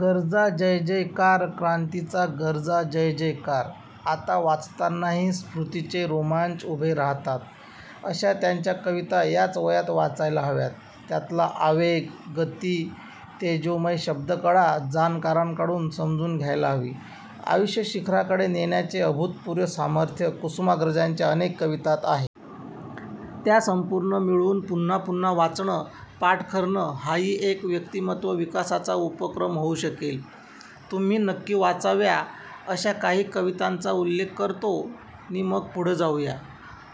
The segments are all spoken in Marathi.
गर्जा जयजयकार क्रांतीचा गर्जा जयजयकार! ' आता वाचतानाही स्फूर्तीचे रोमांच उभे राहतात, अशा त्यांच्या अनेक कविता याच वयात वाचायला हव्यात. त्यातला आवेग, गती, तेजोमय शब्दकळा जाणकारांकडून समजून घ्यायला हवी. आयुष्य शिखराकडे नेण्याचे अभूतपूर्व सामर्थ्य कुसुमाग्रजांच्या अनेक कवितांत आहे. त्या संपूर्ण मिळवून पुन्हापुन्हा वाचणं, पाठ करणं हाही एक व्यक्तिमत्त्व विकासाचा उपक्रम होऊ शकेल. तुम्ही नक्की वाचाव्या, अशा काही कवितांचा उल्लेख करतो नि मग पुढे जाऊ या.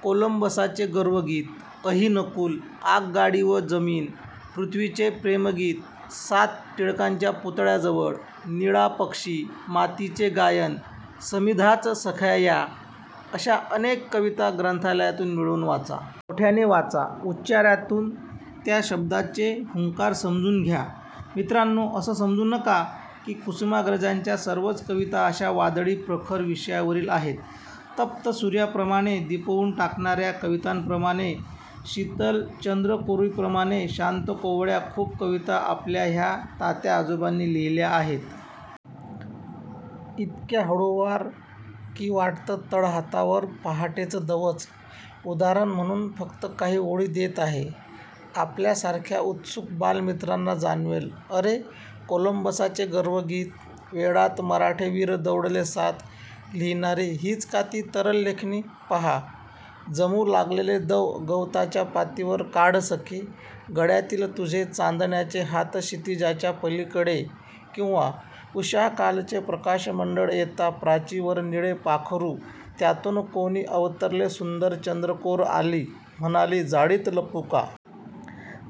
'कोलंबसाचे गर्वगीत', 'अहि-नकूल', 'आगगाडी व जमीन', 'पृथ्वीचे प्रेमगीत', 'सात', 'टिळकांच्या पुतळ्याजवळ', 'निळा पक्षी', 'मातीचे गायन', 'समिधाच सख्या या', अशा अनेक कविता ग्रंथालयांतून मिळवून वाचा. मोठ्याने वाचा. उच्चारातून त्या शब्दांचे हुंकार समजून घ्या! मित्रांनो, असं समजू नका, की कुसुमाग्रजांच्या सर्वच कविता अशा वादळी, प्रखर विषयावरील आहेत. तप्त सूर्याप्रमाणे दिपवून टाकणा-या कवितांप्रमाणे शीतल चंद्रकोरीप्रमाणे शांत-कोवळ्या खूप कविता आपल्या ह्या तात्याआजोबांनी लिहिल्या आहेत. इतक्या हळुवार; की वाटतं तळहातावर पहाटेचं दवच! उदाहरण म्हणून फक्त काही ओळी देत आहे. आपल्यासारख्या उत्सुक बालमित्रांना जाणवेल, अरे, 'कोलंबसाचे गर्वगीत' 'वेडात मराठे वीर दौडले सात' लिहिणारी हीच का ती तरल लेखणी? पाहा – जमू लागलेले दव गवताच्या पातीवर काढ सखे, गळ्यातील तुझे चांदण्याचे हात क्षितिजाच्या पलीकडे किंवा 'उष:कालचे प्रकाशमंडळ येता प्राचीवर निळे पाखरू त्यांतून कोणी अवतरले सुंदर' चंद्रकोर आली, म्हणाली, जाळीत लपू का?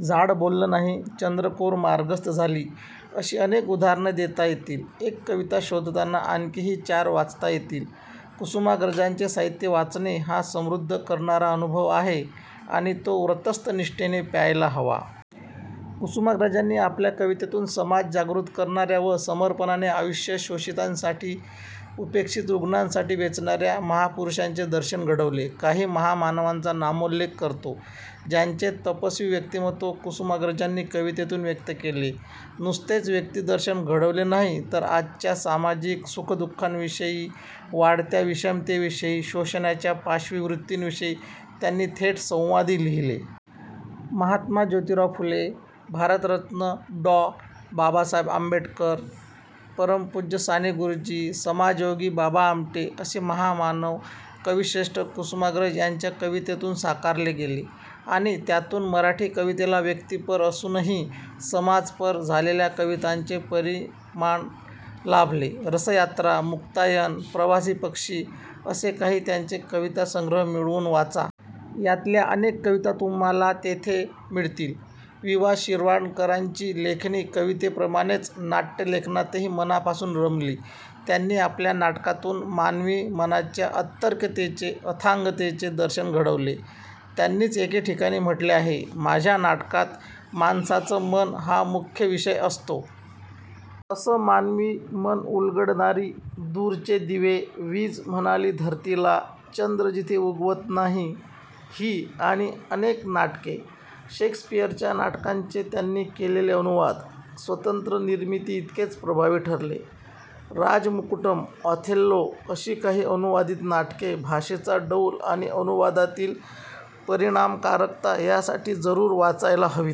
झाड बोललं नाही चंद्रकोर मार्गस्थ झाली... ' अशी अनेक उदाहरणे देता येतील. एक कविता शोधताना आणखीही चार वाचता येतील. कुसुमाग्रजांचे साहित्य वाचणे हा समृद्ध करणारा अनुभव आहे आणि तो व्रतस्थ निष्ठेने प्यायला हवा. कुसुमाग्रजांनी आपल्या कवितेतून समाज जागृत करणा-या व समर्पणाने आयुष्य शोषितांसाठी, उपेक्षित रुग्णांसाठी वेचणा-या महापुरुषांचे दर्शन घडवले. काही महामानवांचा नामोल्लेख करतो, ज्यांचे तपस्वी व्यक्तिमत्त्व कुसुमाग्रजांनी कवितेतून व्यक्त केले. नुसतेच व्यक्तिदर्शन घडवले नाही, तर आजच्या सामाजिक सुख-दु:खांविषयी, वाढत्या विषमतेविषयी, शोषणाच्या पाशवी वृत्तीविषयी त्यांनी थेट संवादी लिहिले. महात्मा ज्योतीराव फुले, भारतरत्न डॉ. बाबासाहेब आंबेडकर, परमपूज्य साने गुरुजी, समाजयोगी बाबा आमटे असे महामानव कविश्रेष्ठ कुसुमाग्रज यांच्या कवितेतून साकारले गेले; आणि त्यातून मराठी कवितेला व्यक्तिपर असूनही समाजपर झालेल्या कवितांचे परिमाण लाभले. 'रसयात्रा' 'मुक्तायन', 'प्रवासी पक्षी' असे काही त्यांचे कवितासंग्रह मिळवून वाचा. यातल्या अनेक कविता तुम्हांला तेथे मिळतील. वि. वा. शिरवाडकरांची लेखणी कवितेप्रमाणेच नाट्यलेखनातही मनापासून रमली. त्यांनी आपल्या नाटकांतून मानवी मनाच्या अतर्क्यतेचे, अथांगतेचे दर्शन घडवले. त्यांनीच एके ठिकाणी म्हटले आहे 'माझ्या नाटकात माणसाचं मन हाच मुख्य विषय असतो. ' असं मानवी मन उलगडणारी- 'दूरचे दिवे', 'वीज म्हणाली धरतीला', 'चंद्र जिथे उगवत नाही' ही आणि अनेक नाटके. शेक्सपिअरच्या नाटकांचे त्यांनी केलेले अनुवाद, स्वतंत्र निर्मितीइतकेच प्रभावी ठरले. राजमुकुटम, ऑथेल्लो अशी काही अनुवादित नाटके भाषेचा डौल आणि अनुवादातील परिणामकारकता यासाठी जरूर वाचायला हवीत.